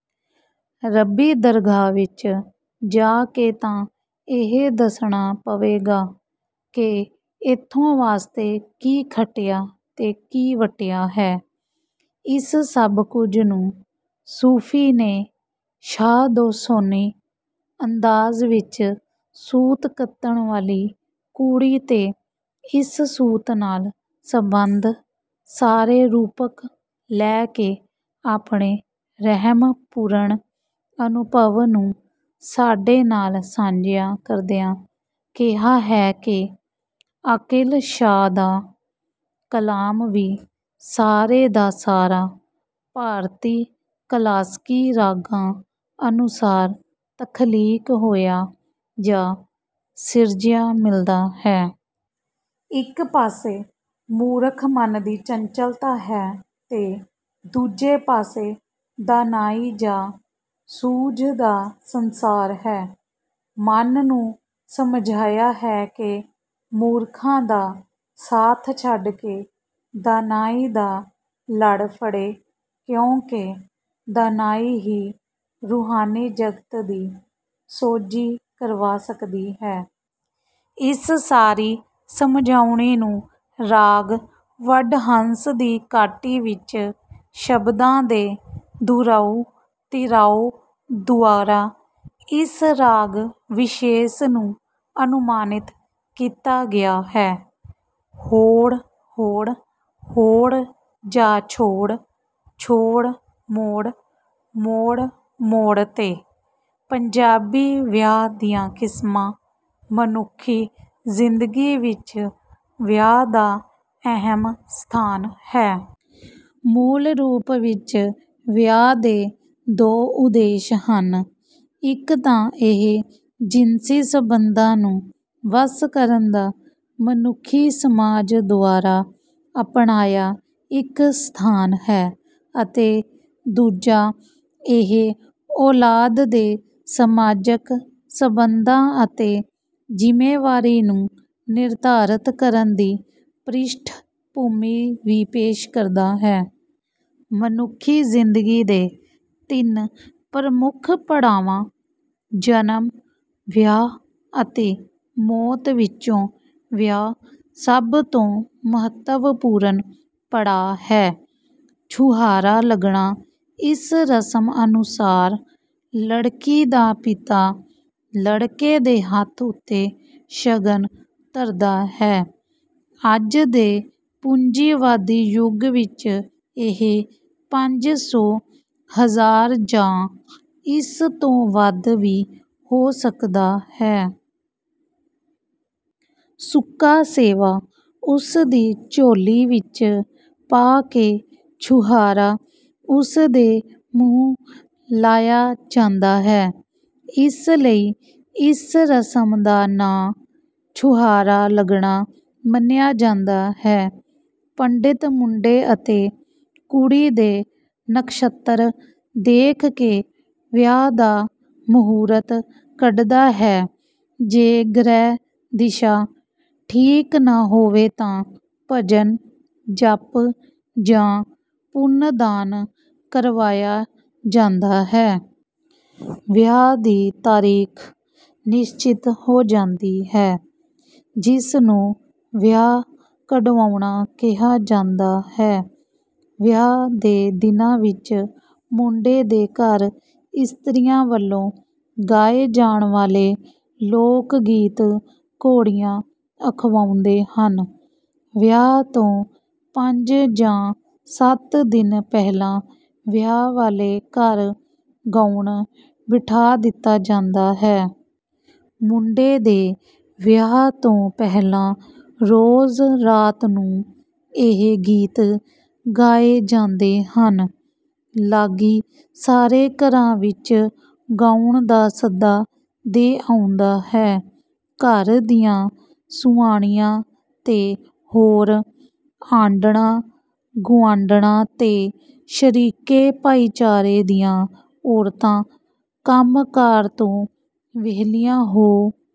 ਰੱਬੀ ਦਰਗਾਹ ਵਿਚ ਜਾ ਕੇ ਤਾਂ ਇਹ ਦਸੱਣਾ ਪਵੇਗਾ। ਕਿ ਏਥੋਂ ਵਾਸਤੇ ਕੀ ਖੱਟਿਆ ਤੇਕੀ ਵੱਟਿਆ ਹੈ। ਇਸ ਸਭ ਕੁਝ ਨੂੰ ਸੂਫ਼ੀ ਨੇ ਸ਼ਾਹ ਦੋਸੋਨੀ ਅੰਦਾਜ਼ ਵਿਚ ਸੂਤ ਕੱਤਣ ਵਾਲੀ ਕੁੜੀ ਤੇ ਇਸ ਸੂਤ ਨਾਲ ਸੰੰਬੰਧ ਸਾਰੇ ਰੂਪਕ ਲੈ ਕੇ ਆਪਣੇ ਰਹਮ-ਪੁਰਣ ਅਨੁਭਵ ਨੂੰ ਸਾਡੇ ਨਾਲ ਸਾਂਝਿਆਂ ਕਰਦਿਆਂ ਕਿਹਾ ਹੈ ਕਿ: ਆਕਿਲ ਸ਼ਾਹ ਦਾ ਕਲਾਮ ਵੀ ਸਾਰੇ ਦਾ ਸਾਰਾ ਭਾਰਤੀ ਕਲਾਸਕੀ ਰਾਗਾਂ ਅਨੁਸਾਰ ਤਖਲੀਕ ਹੋਇਆ ਜਾਂ ਸਿਰਜਿਆ ਮਿਲਦਾ ਹੈ। ਇਕ ਪਾਸੇ ਮੂਰਖ ਮਨ ਦੀ ਚੰਚਲਤਾ ਹੈ ਤੇ ਦੂਜੇ ਪਾਸੇ ਦਾਨਾਈ ਜਾਂ ਸੂਝ ਦਾ ਸੰਸਾਰ ਹੈ, ਮਨ ਨੂੰ ਸਮਝਾਇਆ ਹੈ ਕਿ ਮੂਰਖਾਂ ਦਾ ਸਾਥ ਛੱਡ ਕੇ ਦਾਨਾਈ ਦਾ ਲੜ ਫੜੇ ਕਿਉਂਕਿ ਦਾਨਾਈ ਹੀ ਰੂਹਾਨੀ-ਜਗਤ ਦੀ ਸੌਝੀ ਕਰਵਾ ਸਕਦੀ ਹੈ। ਇਸ ਸਾਰੀ ਸਮਝਾਉਣੀ ਨੂੰ ਰਾਗ ਵਡਹੰਸ ਦੀ ਕਾਟੀ ਵਿਚ ਸ਼ਬਦਾਂ ਦੇ ਦੁਹਰਾਉ, ਤੀਹਰਾਓ ਦੁਆਰਾ ਇਸ ਰਾਗ-ਵਿਸ਼ੇਸ ਨੂੰ ਅਨੁਮਾਨਿਤ ਕੀਤਾ ਗਿਆ ਹੈ। ਹੋੜ, ਹੋੜ, ਹੋੜ ਜਾ ਛੋੜ, ਛੋੜ, 'ਮੋੜ, ਮੋੜ, ਮੋੜ ਤੇ। ਪੰਜਾਬੀ ਵਿਆਹ ਦੀਆਂ ਕਿਸਮਾਂ ਮਨੁੱਖੀ ਜ਼ਿੰਦਗੀ ਵਿੱਚ ਵਿਆਹ ਦਾ ਅਹਿਮ ਸਥਾਨ ਹੈ। ਮੂਲ ਰੂਪ ਵਿਚ ਵਿਆਹ ਦੇ ਦੋ ਉਦੇਸ਼ ਹਨ ਇਕ ਤਾਂ ਇਹ ਜਿਨਸੀ ਸੰਬੰਧਾਂ ਨੂੰ ਵੱਸ ਕਰਨ ਦਾ ਮਨੁੱਖੀ ਸਮਾਜ ਦੁਆਰਾ ਅਪਣਾਇਆ ਇਕ ਸਥਾਨ ਹੈ ਅਤੇ ਦੂਜਾ ਇਹ ਔਲਾਦ ਦੇ ਸਮਾਜਕ ਸੰਬੰਧਾਂ ਅਤੇ ਜਿੰਮੇਵਾਰੀ ਨੂੰ ਨਿਰਧਾਰਤ ਕਰਨ ਦੀ ਪ੍ਰਿਸ਼ਠ ਭੂਮੀ ਵੀ ਪੇਸ਼ ਕਰਦਾ ਹੈ। ਮਨੁੱਖੀ ਜ਼ਿੰਦਗੀ ਦੇ ਤਿੰਨ ਪ੍ਰਮੁੱਖ ਪੜਾਵਾਂ ਜਨਮ, ਵਿਆਹ ਅਤੇ ਮੌਤ ਵਿੱਚੋਂ ਵਿਆਹ ਸਭ ਤੋਂ ਮਹੱਤਵਪੂਰਨ ਪੜਾਅ ਹੈ। ਛੁਹਾਰਾ ਲੱਗਣਾ ਇਸ ਰਸਮ ਅਨੁਸਾਰ ਲੜਕੀ ਦਾ ਪਿਤਾ ਲੜਕੇ ਦੇ ਹੱਥ ਉੱਤੇ ਸ਼ਗਨ ਧਰਦਾ ਹੈ। ਅੱਜ ਦੇ ਪੂੰਜੀਵਾਦੀ ਯੁੱਗ ਵਿੱਚ ਇਹ ਪੰਜ ਸੌ, ਹਜ਼ਾਰ ਜਾਂ ਇਸ ਤੋਂ ਵੱਧ ਵੀ ਹੋ ਸਕਦਾ ਹੈ। ਸੁੱਕਾ ਸੇਵਾ ਉਸਦੀ ਝੋਲੀ ਵਿਚ ਪਾ ਕੇ ਛੁਹਾਰਾ ਉਸਦੇ ਮੂੰਹ ਲਾਇਆ ਜਾਂਦਾ ਹੈ। ਇਸ ਲਈ ਇਸ ਰਸਮ ਦਾ ਨਾਂ ਛੁਹਾਰਾ ਲੱਗਣਾ ਮੰਨਿਆ ਜਾਂਦਾ ਹੈ। ਪੰਡਿਤ ਮੁੰਡੇ ਅਤੇ ਕੁੜੀ ਦੇ ਨਖ਼ਸ਼ੱਤਰ ਦੇਖ ਕੇ ਵਿਆਹ ਦਾ ਮਹੂਰਤ ਕੱਢਦਾ ਹੈ ਜੇ ਗ੍ਰਹਿ ਦਿਸ਼ਾ ਠੀਕ ਨਾ ਹੋਵੇ ਤਾਂ ਭਜਨ, ਜਪ ਜਾਂ ਪੁੰਨ ਦਾਨ ਕਰਵਾਇਆ ਜਾਂਦਾ ਹੈ। ਵਿਆਹ ਦੀ ਤਾਰੀਖ਼ ਨਿਸ਼ਚਿਤ ਹੋ ਜਾਂਦੀ ਹੈ, ਜਿਸਨੂੰ ਵਿਆਹ ਕਢਵਾਉਣਾ ਕਿਹਾ ਜਾਂਦਾ ਹੈ। ਵਿਆਹ ਦੇ ਦਿਨਾਂ ਵਿੱਚ ਮੁੰਡੇ ਦੇ ਘਰ ਇਸਤਰੀਆਂ ਵੱਲੋਂ ਗਾਏ ਜਾਣ ਵਾਲੇ ਲੋਕ-ਗੀਤ ਘੋੜੀਆਂ ਅਖਵਾਉਂਦੇ ਹਨ। ਵਿਆਹ ਤੋਂ ਪੰਜ ਜਾਂ ਸੱਤ ਦਿਨ ਪਹਿਲਾਂ ਵਿਆਹ ਵਾਲੇ ਘਰ ਗਾਉਣ ਬਿਠਾ ਦਿੱਤਾ ਜਾਂਦਾ ਹੈ। ਮੁੰਡੇ ਦੇ ਵਿਆਹ ਤੋਂ ਪਹਿਲਾਂ ਰੋਜ਼ ਰਾਤ ਨੂੰ ਇਹ ਗੀਤ ਗਾਏ ਜਾਂਦੇ ਹਨ। ਲਾਗੀ ਸਾਰੇ ਘਰਾਂ ਵਿੱਚ ਗਾਉਣ ਦਾ ਸੱਦਾ ਦੇ ਆਉਂਦਾ ਹੈ। ਘਰ ਦੀਆਂ ਸੁਆਣੀਆਂ ਤੇ ਹੋਰ ਆਂਢਣਾਂ-ਗੁਆਢਣਾਂ ਤੇ ਸ਼ਰੀਕੇ ਭਾਈਚਾਰੇ ਦੀਆਂ ਔਰਤਾਂ ਕੰਮ ਕਾਰ ਤੋਂ ਵਿਹਲੀਆਂ ਹੋ